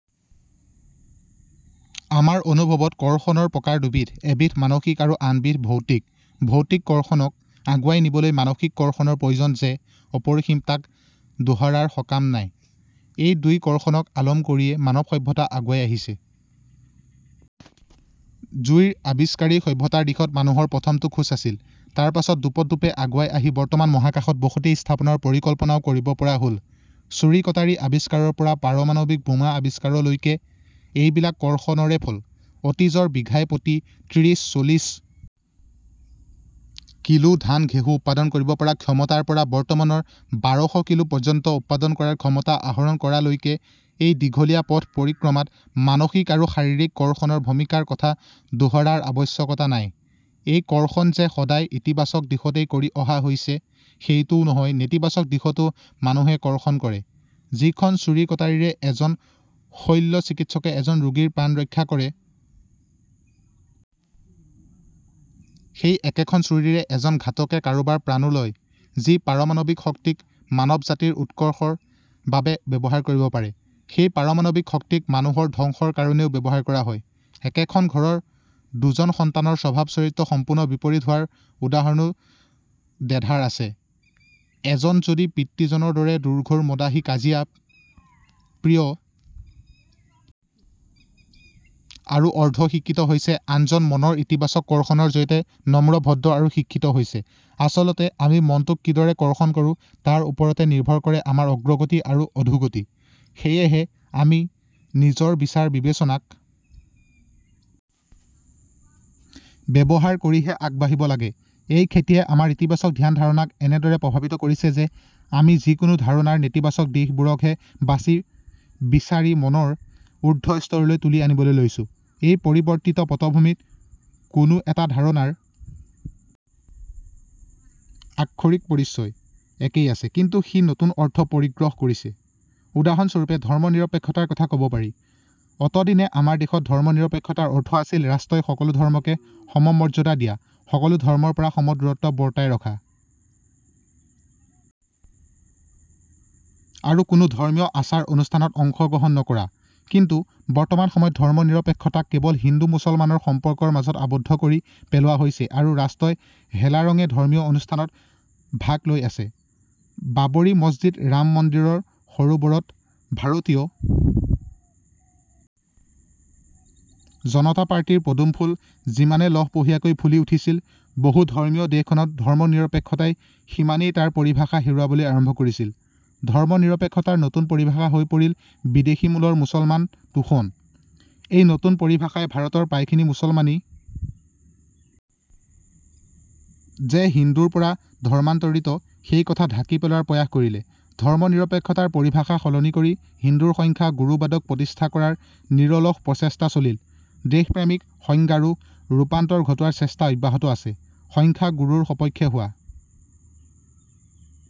আমাৰ অনুভৱত কৰ্ষণৰ প্ৰকাৰ দুবিধ৷ এবিধ মানসিক আৰু আন বিধ ভৌতিক৷ ভৌতিক কৰ্ষণক আগুৱাই নিবলৈ মানসিক কৰ্ষণৰ প্ৰয়োজন যে অপৰিসীম তাক দোহৰাৰ সকাম নাই৷ এই দুই কৰ্ষণক আলম কৰিয়ে মানৱ সভ্যতা আগুৱাই আহিছে। জুইৰ আৱিষ্কাৰেই সভ্যতাৰ দিশত মানুহৰ প্ৰথমটো খোজ আছিল৷ তাৰপাছত দোপত-দোপে আগুৱাই আহি বৰ্তমান মহাকাশত বসতি স্থাপনৰ পৰিকল্পনাও কৰিব পৰা হ'ল৷ চুৰি কটাৰী আৱিষ্কাৰৰ পৰা পাৰমাণৱিক বোমা আৱিষ্কাৰলৈকে। এইবিলাক কৰ্ষণৰে ফল৷ অতীজৰ বিঘাই প্ৰতি ত্ৰিছচল্লিছ কিলো ধান-ঘেঁহু উৎপাদন কৰিব পৰা ক্ষমতাৰ পৰা বৰ্তমানৰ বাৰ শ কিলো পৰ্যন্ত উৎপাদন কৰাৰ ক্ষমতা আহৰণ কৰালৈকে এই দীঘলিয়া পথ পৰিক্ৰমাত মানসিক আৰু শাৰীৰিক কৰ্ষণৰ ভূমিকাৰ কথা দোহৰাৰ আৱশ্যকতা নাই৷ এই কৰ্ষণ যে সদায় ইতিবাচক দিশতেই কৰি অহা হৈছে ,সেইটোও নহয় নেতিবাচক দিশতো মানুহে কৰ্ষণ কৰে৷ যিখন চুৰি কটাৰীৰে এজন শৈল্য চিকিৎসকে এজন ৰোগীৰ প্ৰাণ ৰক্ষা কৰে। সেই একেখন চুৰিৰে এজন ঘাতকে কাৰোবাৰ প্ৰাণো লয়৷ যি পাৰমাণৱিক শক্তিক মানৱ জাতিৰ উৎকৰ্ষৰ বাবে ব্যৱহাৰ কৰিব পাৰি ।সেই পাৰমাণৱিক শক্তিক মানুহৰ ধ্বংসৰ কাৰণেও ব্যৱহাৰ কৰা হয়৷ একেখন ঘৰৰ দুজন সন্তানৰ স্বভাৱ চৰিত্ৰ সম্পূৰ্ণ বিপৰীত হোৱাৰ উদাহৰণো দেধাৰ আছে৷ এজন যদি পিতৃজনৰ দৰে দুৰ্ঘোৰ মদাহী কাজিয়া। প্ৰিয় আৰু অৰ্ধ শিক্ষিত হৈছে আনজন মনৰ ইতিবাচক কৰ্ষণৰ জৰিয়তে নম্ৰ ভদ্ৰ আৰু শিক্ষিত হৈছে৷ আচলতে আমি মনটোক কিদৰে কৰ্ষণ কৰো তাৰ ওপৰতে নিৰ্ভৰ কৰে আমাৰ অগ্ৰগতি আৰু অধোগতি৷ সেয়েহে আমি নিজৰ বিচাৰ বিবেচনাক ব্যৱহাৰ কৰিহে আগবাঢ়িব লাগে৷ এই খেতিয়ে আমাৰ ইতিবাচক ধ্যান ধাৰণাক এনেদৰ প্ৰভাৱিত কৰিছে যে আমি যিকোনো ধাৰণাৰ নেতিবাচক দিশবোৰকহে বাচি বিচাৰি মনৰ উৰ্ধ স্তৰলৈ তুলি আনিবলৈ লৈছো৷ এই পৰিৱৰ্তিত পটভূমিত কোনো এটা ধাৰণাৰ আক্ষৰিক পৰিচয় একেই আছে কিন্তু সি নতুন অৰ্থ পৰিগ্ৰহ কৰিছে৷ উদাহৰণ স্বৰূপে ধৰ্ম-নিৰপেক্ষতাৰ কথা ক'ব পাৰি৷ অতদিনে আমাৰ দেশত ধৰ্ম-নিৰপেক্ষতাৰ অৰ্থ আছিল ৰাষ্ট্ৰই সকলো ধৰ্মকে সম-মৰ্যাদা দিয়া সকলো ধৰ্মৰ পৰা সম-দূৰত্ব বৰ্তাই ৰখা আৰু কোনো ধৰ্মীয় আচাৰ-অনুষ্ঠানত অংশ গ্ৰহণ নকৰা৷ কিন্তু বৰ্তমান সময়ত ধৰ্ম-নিৰপেক্ষতাক কেৱল হিন্দু-মুছলমানৰ সম্পৰ্কৰ মাজত আবদ্ধ কৰি পেলোৱা হৈছে আৰু ৰাষ্ট্ৰই হেলাৰঙে ধৰ্মীয় অনুষ্ঠানত ভাগ লৈ আছে৷ বাবৰি মছজিদ ৰাম মন্দিৰৰ সৰোবৰত ভাৰতীয় জনতা পাৰ্টীৰ পদুম ফুল যিমানে লহপহীয়াকৈ ফুলি উঠিছিল বহু ধৰ্মীয় দেশখনত ধৰ্ম-নিৰপেক্ষতাই সিমানেই তাৰ পৰিভাষা হেৰুৱাবলৈ আৰম্ভ কৰিছিল৷ ধৰ্ম-নিৰপেক্ষতাৰ নতুন পৰিভাষা হৈ পৰিল বিদেশী মূলৰ মুছলমান তোষণ৷ এই নতুন পৰিভাষাই ভাৰতৰ প্ৰায়খিনি মুছলমানেই যে হিন্দুৰ পৰা ধৰ্মান্তৰিত সেই কথা ঢাকি পেলোৱাৰ প্ৰয়াস কৰিলে৷ ধৰ্ম-নিৰপেক্ষতাৰ পৰিভাষা সলনি কৰি হিন্দুৰ সংখ্যা গুৰুবাদক প্ৰতিষ্ঠা কৰাৰ নিৰলস প্ৰচেষ্টা চলিল৷ দেশপ্ৰেমিক সংজ্ঞাৰো ৰূপান্তৰ ঘটোৱাৰ চেষ্টা অব্যাহত আছে৷ সংখ্যা গুৰুৰ সপক্ষে হোৱা